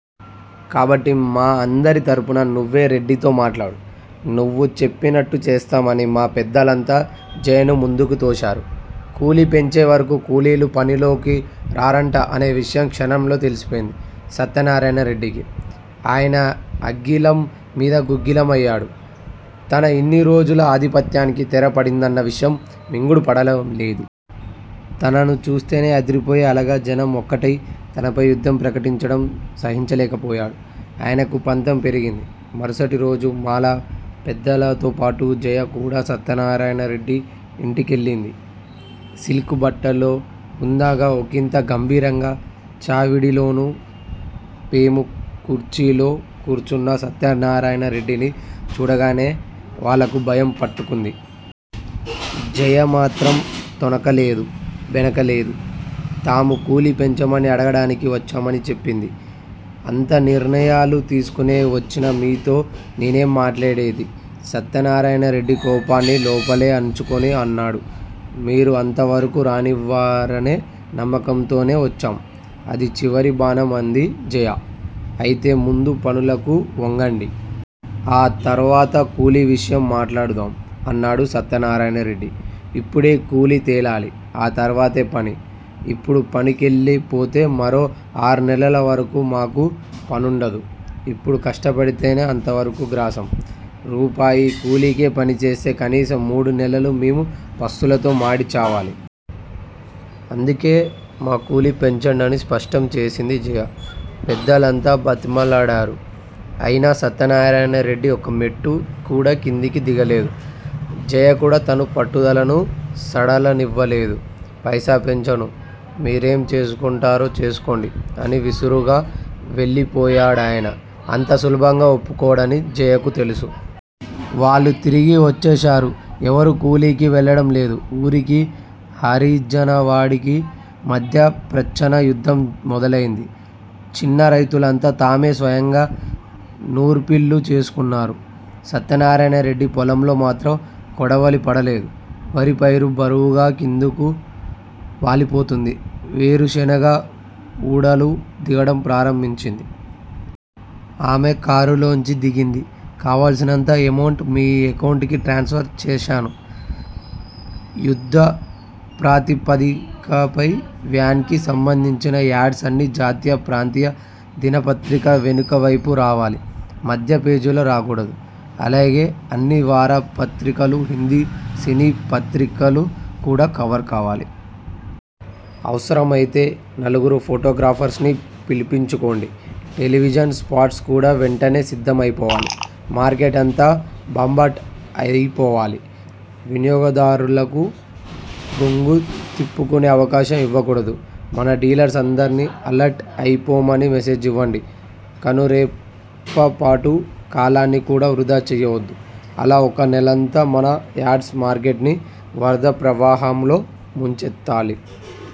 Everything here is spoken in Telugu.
కాబట్టి మా అందరి తరపున నువ్వే రెడ్డితో మాట్లాడు. నువు చెప్పినట్టు చేస్తాం అని మా పెద్దలంతా జయను ముందుకు తోశారు. కూలీ పెంచేవరకు కూలీలు పనుల్లోకి రారంట అనే విషయం క్షణంలో తెలిసిపోయింది సత్యనారాయణరెడ్డికి. ఆయన అగ్గిలం మీద గుగ్గిలం అయ్యాడు. తన ఇన్ని రోజుల ఆధిపత్యానికి తెర పడిందన్న విషయం మింగుడు పడలేదు. తనను చూస్తూనే అదిరిపోయే అలగా జనం ఒక్కటై తనపై యుద్ధం ప్రకటించడం సహించలేకపోయాడు. ఆయనకు పంతం పెరిగింది. మరుసటి రోజు మాల పెద్దలతోపాటు జయ కూడా సత్యనారాయణరెడ్డి ఇంటికెళ్ళింది. సిల్క్ బట్టల్లో హుందాగా, ఒకింత గంభీరంగా చావిడిలోని పేము కుర్చీలో కూర్చున్న సత్యనారాయణరెడ్డిని చూడగానే వాళ్ళకు భయం పట్టుకుంది. జయ మాత్రం తొణకలేదు. బెణకలేదు. తాము కూలీ పెంచమని అడగడానికి వచ్చామని చెప్పింది. అంతా నిర్ణయాలు తీసుకునే వచ్చిన మీతో నేనేం మాట్లాడేది? సత్యనారాయణరెడ్డి కోపాన్ని లోపలే అణచుకుని అన్నాడు. మీరు అంతవరకు రానివ్వరనే నమ్మకంతోనే వచ్చాం. అది చివరి బాణం అంది జయ. అయితే ముందు పనులకు వంగండి. ఆ తరువాత కూలీ విషయం మాట్లాడదాం అన్నాడు సత్యనారాయణరెడ్డి. ఇప్పుడే కూలీ తేలాలి. ఆ తరువాతే పని. ఇప్పుడు పనులైపోతే మరో ఆరు నెలల వరకు మాకు పనుండదు. ఇప్పుడు కష్టపడితేనే అంతవరకు గ్రాసం. రూపాయి కూలీకే పనిచేస్తే కనీసం మూడు నెలలు మేం పస్తులతో మాడి చావాలి. అందుకే మా కూలీ పెంచండి అని స్పష్టం చేసింది జయ. పెద్దలంతా బతిమలాడారు. అయినా సత్యనారాయణరెడ్డి ఒక్క మెట్టు కూడా కిందకు దిగలేదు. జయ కూడా తన పట్టుదలను సడలనివ్వలేదు. పైసా పెంచను. మీరేం చేసుకుంటారో చేసుకోండి అని విసురుగా వెళ్ళిపోయాడాయన. అంత సులభంగా ఒప్పుకోడని జయకూ తెలుసు. వాళ్ళు తిరిగి వచ్చేశారు. ఎవరూ కూలీకి వెళ్ళడం లేదు. ఊరికీ, హరిజనవాడకీ మధ్య ప్రచ్చన్న యుద్ధం మొదలైంది. చిన్న రైతులంతా తామే స్వయంగా నూర్పిళ్ళు చేసుకున్నారు. సత్యనారాయణరెడ్డి పొలంలో మాత్రం కొడవలి పడలేదు. వరి పైరు బరువుగా కిందకు వాలిపోతోంది. వేరుశనగ వూడలు దిగడం ప్రారంభించింది. ఆమె కారులోంచి దిగింది. కావల్సినంత ఎమౌంట్ మీ ఎకౌంట్ కి ట్రాన్స్ ఫర్ చేశాను. యుద్ద ప్రాతిపదికపై వ్యాన్ కి సంబంధించిన యాడ్స్ అన్నీ జాతీయ, ప్రాంతీయ దినపత్రిక వెనుకవైపు రావాలి. మధ్య పేజీల్లో రాకూడదు. అలాగే అన్ని వారపత్రికలు, హిందీ సినీపత్రికలు కూడా కవర్ కావాలి. అవసరమైతే నలుగురు ఫోటోగ్రాఫర్స్ ని పిలిపించుకోండి. టెలివిజన్ స్పాట్స్ కూడా వెంటనే సిద్దమైపోవాలి. మార్కెట్ అంతా బంబాట్ అయిపోవాలి. వినియోగదారులకు గుక్కతిప్పుకునే అవకాశం యివ్వకూడదు. మన డీలర్స్ అందర్నీ అలర్ట్ అయిపొమ్మని మెసేజ్ ఇవ్వండి. కనురెప్పపాటు కాలాన్ని కూడా వృధా చేయవద్దు. అలా ఒక్క నెలంతా మన యాడ్స్ మార్కెట్ ని వరద ప్రవాహంలా ముంచెత్తాలి.